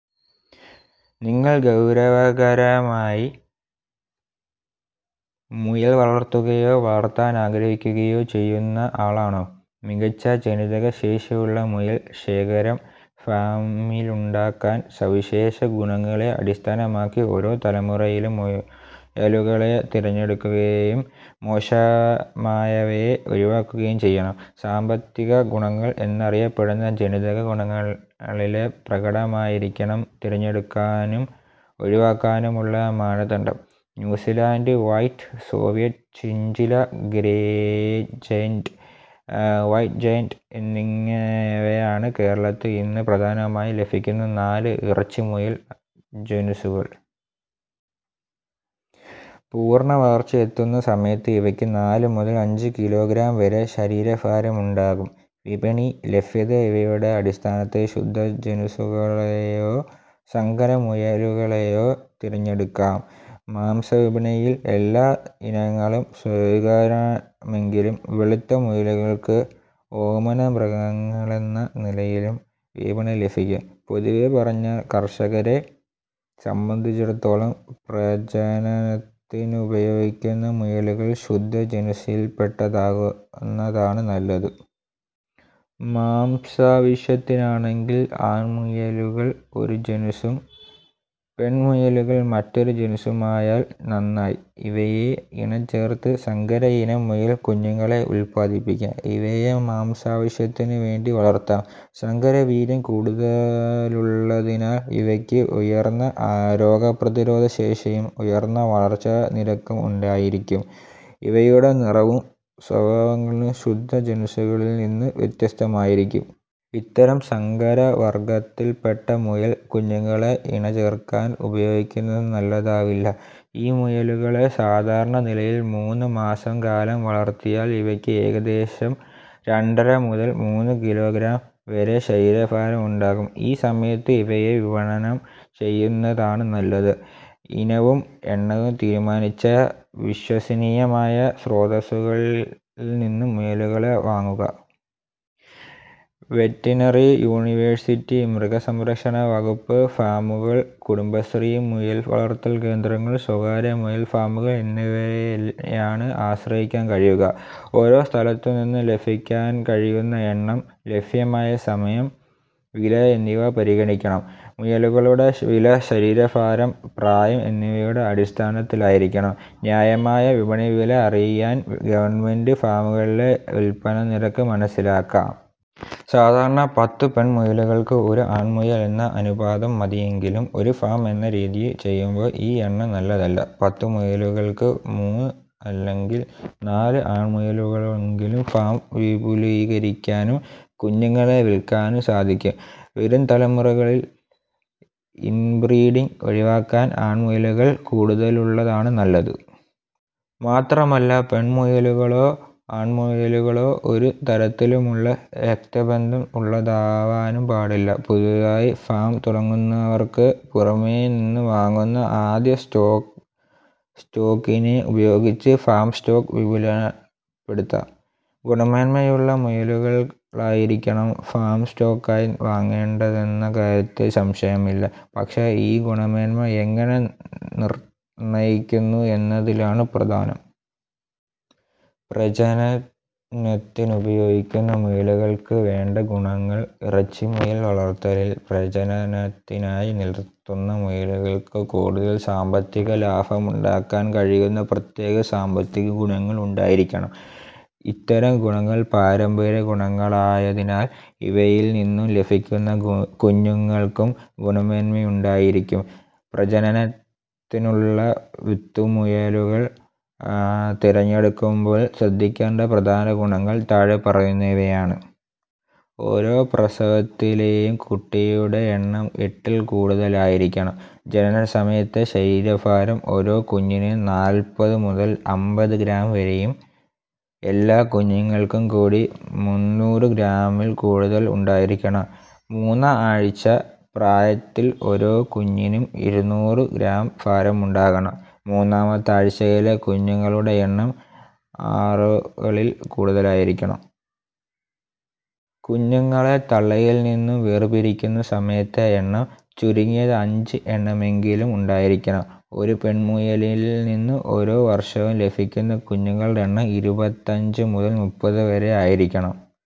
നിങ്ങൾ ഗൗരവകരമായി മുയൽ വളർത്തുകയോ വളർത്താനാഗ്രഹിക്കുകയോ ചെയ്യുന്ന ആളാണോ? മികച്ച ജനിതക ശേഷിയുള്ള മുയൽ ശേഖരം ഫാമിലുണ്ടാകാൻ സവിശേഷ ഗുണങ്ങളെ അടിസ്ഥാനമാക്കി ഓരോ തലമുറയിലും മുയലുകളെ തിരഞ്ഞെടുക്കുകയും മോശമായവയെ ഒഴിവാക്കുകയും ചെയ്യണം. സാമ്പത്തിക ഗുണങ്ങൾ എന്നറിയപ്പെടുന്ന ജനിതക ഗുണങ്ങളിലെ പ്രകടനമായിരിക്കണം തിരഞ്ഞെടുക്കാനും ഒഴിവാക്കാനുമുള്ള മാനദണ്ഡം. New Zealand white, Soviet chinchilla, grey giant, white giant എന്നിവയാണ് കേരളത്തിൽ ഇന്ന് പ്രധാനമായി ലഭ്യമാകുന്ന നാല് ഇറച്ചി മുയൽ ജനുസുകൾ. പൂർണ്ണ വളർച്ചയെത്തുന്ന സമയത്ത് ഇവയ്ക്ക് നാല് മുതൽ അഞ്ച് കിലോഗ്രാം വരെ ശരീരഭാരമുണ്ടാകും. വിപണി, ലഭ്യത ഇവയുടെ അടിസ്ഥാനത്തിൽ ശുദ്ധ ജനുസുകളെയോ സങ്കര മുയലുകളെയോ തിരഞ്ഞെടുക്കാം. മാംസ വിപണിയിൽ എല്ലാ ഇനങ്ങളും സ്വീകാര്യമെങ്കിലും വെളുത്ത മുയലുകൾക്ക് ഓമനമൃഗങ്ങളെന്ന നിലയിലും വിപണി ലഭിക്കും. പൊതുവെ പറഞ്ഞാൽ കർഷകരെ സംബന്ധിച്ചിടത്തോളം പ്രജനനത്തിനുപയോഗിക്കുന്ന മുയലുകൾ ശുദ്ധ ജനുസിൽപ്പെട്ടതാകുന്നതാണ് നല്ലത്. മാംസാവശ്യത്തിനാണെങ്കിൽ ആണ് മുയലുകൾ ഒരു ജനുസും പെൺ മുയലുകൾ മറ്റൊരു ജനുസുമായാൽ നന്നായി. ഇവയെ ഇണ ചേർത്ത് സങ്കരയിനം മുയൽ കുഞ്ഞുങ്ങളെ ഉൽപാദിപ്പിക്കാം. ഇവയെ മാംസാവശ്യത്തിനു വേണ്ടി വളർത്താം. സങ്കരവീര്യം കൂടുതലുള്ളതിനാൽ ഇവയ്ക്ക് ഉയർന്ന രോഗപ്രതിരോധശേഷിയും, ഉയർന്ന വളർച്ചാ നിരക്കും ഉണ്ടായിരിക്കും. ഇവയുടെ നിറവും സ്വഭാവങ്ങളും ശുദ്ധ ജനുസുകളിൽനിന്ന് വ്യത്യസ്തമായിരിക്കും. ഇത്തരം സങ്കര വർഗ്ഗത്തിൽപ്പെട്ട മുയൽ കുഞ്ഞുങ്ങളെ ഇണ ചേർക്കാൻ ഉപയോഗിക്കുന്നത് നല്ലതാവില്ല. ഈ മുയലുകളെ സാധാരണ നിലയിൽ മൂന്നു മാസം കാലം വളർത്തിയാൽ ഇവയ്ക്ക് ഏകദേശം രണ്ടര മുതൽ മൂന്ന് കിലോഗ്രാം വരെ ശരീരഭാരം ഉണ്ടാകും. ഈ സമയത്ത് ഇവയെ വിപണനം ചെയ്യുന്നതാണ് നല്ലത്. ഇനവും, എണ്ണവും തീരുമാനിച്ചാൽ വിശ്വസനീയമായ സ്രോതസുകളിൽനിന്നും മുയലുകളെ വാങ്ങുക. വെറ്ററിനറി യൂണിവേഴ്സിറ്റി, മൃഗസംരക്ഷണ വകുപ്പ് ഫാമുകൾ, കുടുംബശ്രീ മുയൽ വളർത്തൽ കേന്ദ്രങ്ങൾ, സ്വകാര്യ മുയൽ ഫാമുകൾ എന്നിവയെയാണ് ആശ്രയിക്കാൻ കഴിയുക. ഓരോ സ്ഥലത്തുനിന്നും ലഭിക്കാൻ കഴിയുന്ന എണ്ണം, ലഭ്യമായ സമയം, വില എന്നിവ പരിഗണിക്കണം. മുയലുകളുടെ വില ശരീരഭാരം, പ്രായം എന്നിവയുടെ അടിസ്ഥാനത്തിലായിരിക്കണം. ന്യായമായ വിപണി വില അറിയാൻ ഗവൺമെൻ്റ് ഫാമുകളിലെ വിൽപ്പന നിരക്ക് മനസ്സിലാക്കാം. സാധാരണ പത്തു പെൺ മുയലുകൾക്ക് ഒരു ആൺമുയൽ എന്ന അനുപാതം മതിയെങ്കിലും ഒരു ഫാം എന്ന രീതിയിൽ ചെയ്യുമ്പോൾ ഈ എണ്ണം നല്ലതല്ല. പത്ത് പെൺമുയലുകൾക്ക് മൂന്ന് അല്ലെങ്കിൽ നാല് ആൺമുയലുകളുണ്ടെങ്കിൽ ഫാം വിപുലീകരിക്കാനും കുഞ്ഞുങ്ങളെ വിൽക്കാനും സാധിക്കും. വരും തലമുറകളിൽ ഇൻബ്രീഡിങ് ഒഴിവാക്കാൻ ആൺമുയലുകൾ കൂടുതലുള്ളതാണ് നല്ലത്. മാത്രമല്ല പെൺമുയലുകളോ ആൺമുയലുകളോ ഒരു തരത്തിലുമുള്ള രക്തബന്ധം ഉള്ളതാവാനും പാടില്ല. പുതുതായി ഫാം തുടങ്ങുന്നവർക്ക് പുറമേനിന്ന് വാങ്ങുന്ന ആദ്യ സ്റ്റോക്കിനെ ഉപയോഗിച്ച് ഫാം സ്റ്റോക്ക് വിപുലപ്പെടുത്താം. ഗുണമേന്മയുള്ള മുയലുകളായിരിക്കണം ഫാം സ്റ്റോക്കായി വാങ്ങേണ്ടതെന്ന കാര്യത്തിൽ സംശയമില്ല. പക്ഷേ ഈ ഗുണമേന്മ എങ്ങനെ നിർണ്ണയിക്കുന്നു എന്നതിലാണ് പ്രധാനം. പ്രജനനത്തിനുപയോഗിക്കുന്ന മുയലുകൾക്ക് വേണ്ട ഗുണങ്ങൾ: ഇറച്ചി മുയൽ വളർത്തലിൽ പ്രജനനത്തിനായി നിർത്തുന്ന മുയലുകൾക്ക് കൂടുതൽ സാമ്പത്തിക ലാഭമുണ്ടാക്കാൻ കഴിയുന്ന പ്രത്യേക സാമ്പത്തിക ഗുണങ്ങൾ ഉണ്ടായിരിക്കണം. ഇത്തരം ഗുണങ്ങൾ പാരമ്പര്യ ഗുണങ്ങളായതിനാൽ ഇവയിൽനിന്നും ലഭിക്കുന്ന കുഞ്ഞുങ്ങൾക്കും ഗുണമേന്മയുണ്ടായിരിക്കും. പ്രജനനത്തിനുള്ള വിത്തുമുയലുകളെ തിരഞ്ഞെടുക്കുമ്പോൾ ശ്രദ്ധിക്കേണ്ട പ്രധാന ഗുണങ്ങൾ താഴെ പറയുന്നവയാണ്. ഓരോ പ്രസവത്തിലെയും കുട്ടികളുടെ എണ്ണം എട്ടിൽ കൂടുതലായിരിക്കണം. ജനനസമയത്തെ ശരീരഭാരം ഓരോ കുഞ്ഞിനും നാൽപ്പത് മുതൽ അമ്പത് ഗ്രാം വരെയും, എല്ലാ കുഞ്ഞുങ്ങൾക്കും കൂടി മുന്നൂറ് ഗ്രാമിൽ കൂടുതലും ഉണ്ടായിരിക്കണം. മൂന്നാം ആഴ്ച പ്രായത്തിൽ ഓരോ കുഞ്ഞിനും ഇരുന്നൂറ് ഗ്രാം ഭാരമുണ്ടാകണം. മൂന്നാമത്തെ ആഴ്ചയിലെ കുഞ്ഞുങ്ങളുടെ എണ്ണം ആറുകളിൽ കൂടുതലായിരിക്കണം. കുഞ്ഞുങ്ങളെ തള്ളയിൽനിന്നും വേർപിരിക്കുന്ന സമയത്തെ എണ്ണം ചുരുങ്ങിയത് അഞ്ച് എണ്ണമെങ്കിലും ഉണ്ടായിരിക്കണം. ഒരു പെൺമുയലിൽനിന്ന് ഓരോ വർഷവും ലഭിക്കുന്ന കുഞ്ഞുങ്ങളുടെ എണ്ണം ഇരുപത്തഞ്ച് മുതൽ മുപ്പത് വരെ ആയിരിക്കണം.